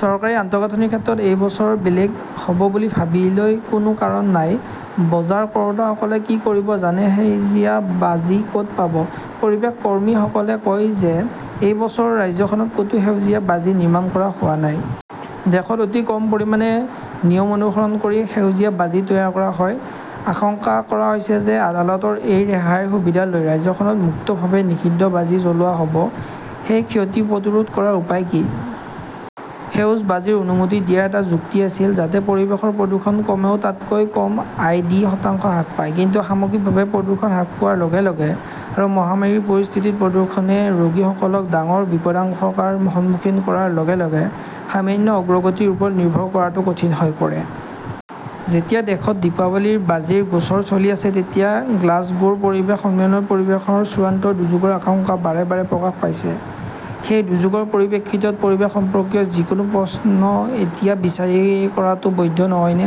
চৰকাৰী আন্তঃগাঁথনিৰ ক্ষেত্ৰত এই বছৰ বেলেগ হ'ব বুলি ভাবিবলৈ কোনো কাৰণ নাই। বজাৰ কৰোতাসকলে কি কৰিব জানে, সেউজীয়া বাজি ক'ত পাব? পৰিৱেশ কৰ্মীসকলে কয় যে এই বছৰ ৰাজ্যখনত ক'তো সেউজীয়া বাজি নিৰ্মাণ কৰা হোৱা নাই। দেশত অতি কম পৰিমাণে নিয়ম অনুসৰণ কৰি সেউজীয়া বাজি তৈয়াৰ কৰা হয়। আশংকা কৰা হৈছে যে আদালতৰ এই ৰেহাইৰ সুবিধা লৈ ৰাজ্যখনত মুক্তভাৱে নিষিদ্ধ বাজি জ্বলোৱা হ'ব। সেই ক্ষতি প্ৰতিৰোধ কৰাৰ উপায় কি? সেউজ বাজিৰ অনুমতি দিয়াৰ এটা যুক্তি আছিল, যাতে পৰিৱেশৰ প্ৰদূষণ কমেও তাতকৈ কম আই. ডি. শতাংশ হ্ৰাস পায়। কিন্তু সামগ্ৰিকভাৱে প্ৰদূষণ হ্ৰাস পোৱাৰ লগে - লগে আৰু মহামাৰীৰ পৰিস্থিতিত প্ৰদূষণে ৰোগীসকলক ডাঙৰ বিপদাশংকাৰ সন্মুখীন কৰাৰ লগে লগে সামান্য অগ্ৰগতিৰ ওপৰত নিৰ্ভৰ কৰাটো কঠিন হৈ পৰে। যেতিয়া দেশত দীপাৱলীৰ বাজিৰ গোচৰ চলি আছে, তেতিয়া গ্লাছগোৰ পৰিৱেশ সন্মিলনত পৰিৱেশৰ চূড়ান্ত দুৰ্যোগৰ আশংকা বাৰে বাৰে প্ৰকাশ পাইছে। সেই দুৰ্যোগৰ পৰিপ্ৰেক্ষিতত পৰিৱেশ সম্পৰ্কীয় যিকোনো প্ৰশ্ন এতিয়া বিচাৰ কৰাটো বৈধ নহয়নে?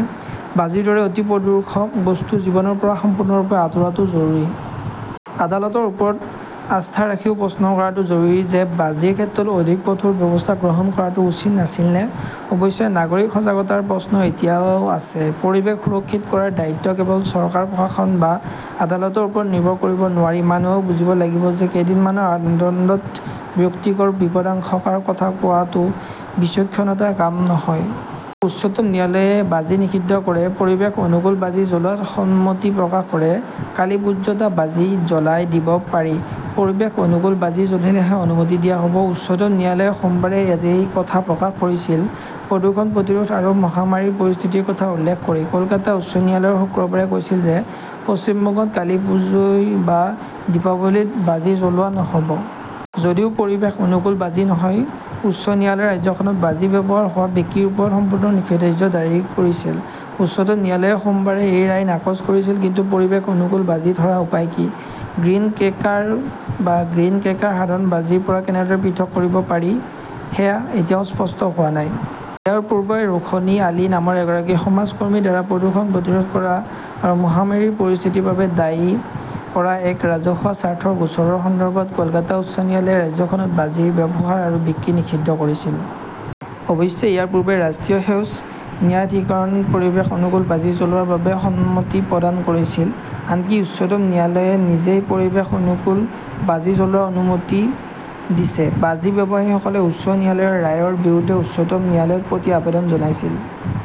বাজিৰ দৰে অতি প্ৰদূষক বস্তু জীৱনৰ পৰা সম্পূৰ্ণৰূপে আঁতৰোৱাটো জৰুৰী। আদালতৰ ওপৰত আস্থা ৰাখিও প্ৰশ্ন কৰাটো জৰুৰী যে বাজিৰ ক্ষেত্ৰত অধিক কঠোৰ ব্যৱস্থা গ্ৰহণ কৰাটো উচিত নাছিলনে? অৱশ্যে, নাগৰিক সজাগতাৰ প্ৰশ্ন এতিয়াও আছে। পৰিৱেশ সুৰক্ষিত কৰাৰ দায়িত্ব কেৱল চৰকাৰ, প্ৰশাসন বা আদালতৰ ওপৰত নিৰ্ভৰ কৰিব নোৱাৰি-মানুহেও বুজিব লাগিব যে কেইদিনমানৰ আনন্দত বিৰক্তিকৰ বিপদাশংকাৰ কথা কোৱাটো বিচক্ষণতাৰ কাম নহয়। উচ্চতম ন্যায়ালয়ে বাজি নিষিদ্ধ কৰে, পৰিৱেশ অনুকূল বাজি জ্বলোৱাত সন্মতি প্ৰকাশ কৰে কালিপ্পুজাত বাজি জ্বলাই দিব পাৰি। পৰিৱেশ অনুকূল বাজি ধৰিলেহে অনুমতি দিয়া হ'ব। উচ্চতম ন্যায়ালয়ে সোমবাৰে এই কথা প্ৰকাশ কৰিছিল। প্ৰদূষণ প্ৰতিৰোধ আৰু মহামাৰীৰ পৰিস্থিতিৰ কথা উল্লেখ কৰি কলকাতা উচ্চ ন্যায়ালয়ে শুকুৰবাৰে কৈছিল যে পশ্চিম বংগত কালীপুজোয় বা দীপাৱলীত বাজি জ্বলোৱা নহ'ব। যদিও পৰিৱেশ-অনুকূল বাজি নহয়। উচ্চ ন্যায়ালয়ে ৰাজ্যখনত বাজি ব্যৱহাৰ আৰু বিক্ৰীৰ ওপৰত সম্পূৰ্ণ নিষেধাজ্ঞা জাৰি কৰিছিল। উচ্চতম ন্যায়ালয়ে সোমবাৰে এই ৰায় নাকচ কৰিছিল। কিন্তু পৰিৱেশ অনুকূল বাজি ধৰাৰ উপায় কি? গ্ৰীণ ক্ৰেকাৰ বা গ্ৰীণ ক্ৰেকাৰক সাধাৰণ বাজিৰ পৰা কেনেদৰে পৃথক কৰিব পাৰি সেয়া এতিয়াও স্পষ্ট হোৱা নাই। ইয়াৰ পূৰ্বে, ৰোশনী আলী নামৰ এগৰাকী সমাজ কৰ্মীৰ দ্বাৰা প্ৰদূষণ প্ৰতিৰোধ কৰা আৰু মহামাৰীৰ পৰিস্থিতিৰ বাবে দায়ী কৰা এক ৰাজহুৱা স্বাৰ্থৰ গোচৰৰ সন্দৰ্ভত কলকাতা উচ্চ ন্যায়ালয়ে ৰাজ্যখনত বাজিৰ ব্যৱহাৰ আৰু বিক্ৰী নিষিদ্ধ কৰিছিল। অৱশ্যে ইয়াৰ পূৰ্বে ৰাষ্ট্ৰীয় সেউজ ন্যায়াধিকৰণে পৰিৱেশ অনুকূল বাজি জ্বলোৱাৰ বাবে সন্মতি প্ৰদান কৰিছিল। আনকি উচ্চতম ন্যায়ালয়ে নিজেই পৰিৱেশ অনুকূল বাজি জ্বলোৱাৰ অনুমতি দিছে। বাজি ব্যৱসায়ীসকলে উচ্চ ন্যায়ালয়ৰ ৰায়ৰ বিৰুদ্ধে উচ্চতম ন্যায়ালয়ত প্ৰতি-আবেদন জনাইছিল।